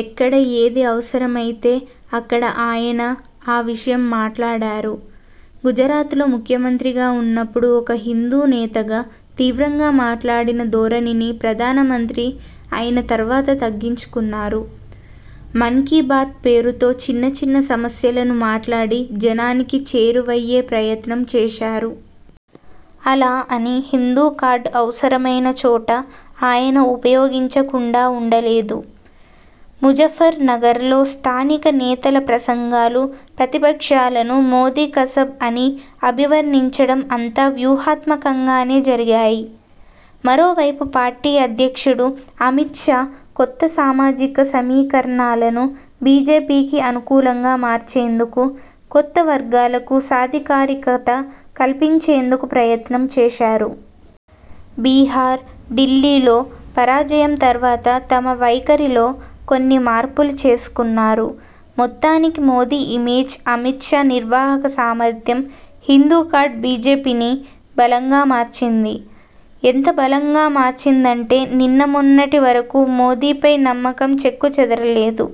ఎక్కడ ఏది అవసరమైతే అక్కడ ఆయన ఆ విషయం మాట్లాడారు. గుజరాత్ లో ముఖ్యమంత్రిగా ఉన్నప్పుడు ఒక హిందూనేతగా తీవ్రంగా మాట్లాడిన ధోరణిని ప్రధానమంత్రి అయిన తర్వాత తగ్గించుకున్నారు. మన్ కీ బాత్ పేరుతో చిన్న చిన్న సమస్యలను మాట్లాడి జనానికి చేరువయ్యే ప్రయత్నం చేశారు. అలా అని హిందూ కార్డు అవసరమైన చోట ఆయన ఉపయోగించకుండా ఉండలేదు. ముజఫర్ నగర్లో స్థానిక నేతల ప్రసంగాలు, ప్రతిపక్షాలను మోదీ కసబ్ అని అభివర్ణించడం అంతా వ్యూహాత్మకంగానే జరిగాయి. మరో వైపు పార్టీ అధ్యక్షుడు అమిత్ షా కొత్త సామాజిక సమీకరణాలను బిజెపికి అను కూలంగా మార్చేందుకు, కొత్త వర్గాలకు సాధికారికత కల్పించేందుకు ప్రయత్నం చేశారు. బీహార్, ఢిల్లీలో పరాజయం తర్వాత తమ వైఖరిలో కొన్ని మార్పులు చేసుకున్నారు. మొత్తానికి మోదీ ఇమేజ్, అమిత్ షా నిర్వాహక సామర్థ్యం, హిందూ కార్డు బిజెపిని బలంగా మార్చింది. ఎంత బలంగా మార్చిందంటే నిన్నమొన్నటి వరకూ మోదీపై నమ్మకం చెక్కు చెదరలేదు.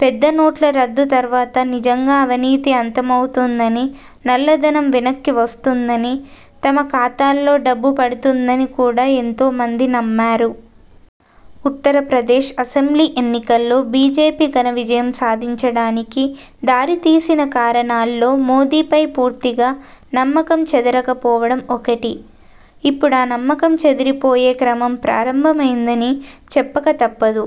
పెద్ద నోట్ల రద్దు తర్వాత నిజంగా అవినీతి అంతమవుతుందని, నల్లధనం వెనక్కి వస్తుందని, తమ ఖాతాల్లో డబ్బు పడుతుందని కూడా ఎంతోమంది నమ్మారు. ఉత్తరప్రదేశ్ అసెంబ్లీ ఎన్నికల్లో బిజెపి ఘన విజయం సాధించడానికి దారి తీసిన కారణాల్లో మోదీపై పూర్తిగా నమ్మకం చెదరకపోవడం ఒకటి. ఇప్పుడా నమ్మకం చెదిరిపోయే క్రమం ప్రారంభమైందని చెప్పక తప్పదు.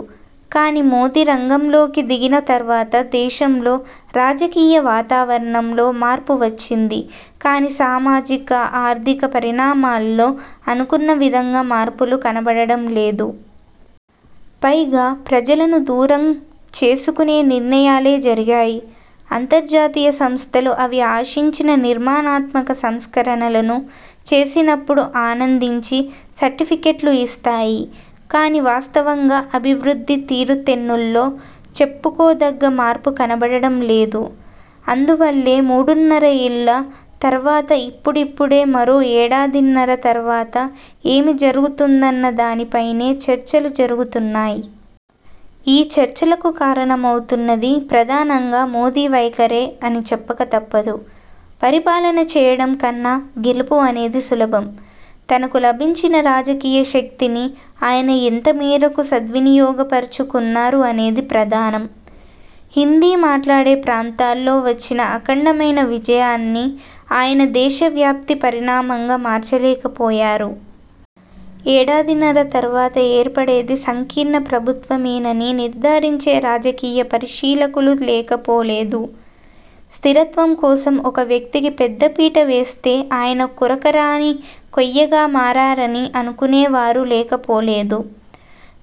కాని మోదీ రంగంలోకి దిగిన తర్వాత దేశంలో రాజకీయ వాతావరణంలో మార్పు వచ్చింది కాని సామాజిక, ఆర్థిక పరిణామాల్లో అనుకున్న విధంగా మార్పులు కనపడడం లేదు. పైగా ప్రజలను దూరం చేసుకునే నిర్ణయాలే జరిగాయి. అంతర్జాతీయ సంస్థలు అవి ఆశించిన నిర్మాణాత్మక సంస్కరణలను చేసినప్పుడు ఆనందించి సర్టిఫికెట్లు ఇస్తాయి కాని వాస్తవంగా అభివృద్ది తీరుతెన్నుల్లో చెప్పుకోదగ్గ మార్పు కనపడడం లేదు. అందువల్లే మూడున్నరేళ్ల తర్వాత ఇప్పుడిప్పుడే మరో ఏడాదిన్నర తర్వాత ఏమి జరుగుతుందన్న దానిపైనే చర్చలు జరుగుతున్నాయి. ఈ చర్చలకు కారణమవుతున్నది ప్రధానంగా మోదీ వైఖరే అని చెప్పక తప్పదు. పరిపాలన చేయడం కన్నా గెలుపు అనేది సులభం. తనకు లభించిన రాజకీయ శక్తిని ఆయన ఎంతమేరకు సద్వినియోగపరుచుకున్నారు అనేది ప్రధానం. హిందీ మాట్లాడే ప్రాంతాల్లో వచ్చిన అఖండమైన విజయాన్ని ఆయన దేశ వ్యాప్త పరిణామంగా మార్చలేకపోయారు. ఏడాదిన్నర తర్వాత ఏర్పడేది సంకీర్ణ ప్రభుత్వమేనని నిర్ధారించే రాజకీయ పరిశీలకులూ లేకపోలేదు. స్థిరత్వం కోసం ఒక వ్యక్తికి పెద్ద పీట వేస్తే ఆయన కొరకరాని కొయ్యగా మారారని అనుకునేవారూ లేకపోలేదు.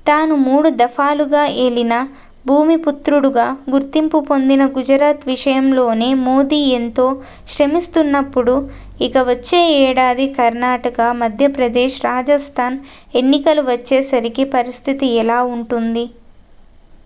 తాను మూడు దఫాలుగా ఏలిన, భూమి పుత్రుడుగా గుర్తింపు పొందిన గుజరాత్ విషయంలోనే మోదీ ఎంతో శ్రమిస్తున్నప్పుడు ఇక వచ్చే ఏడాది కర్ణాటక, మధ్యప్రదేశ్, రాజస్థాన్ ఎన్నికలు వచ్చే సరికి పరిస్థితి ఎలా ఉంటుంది?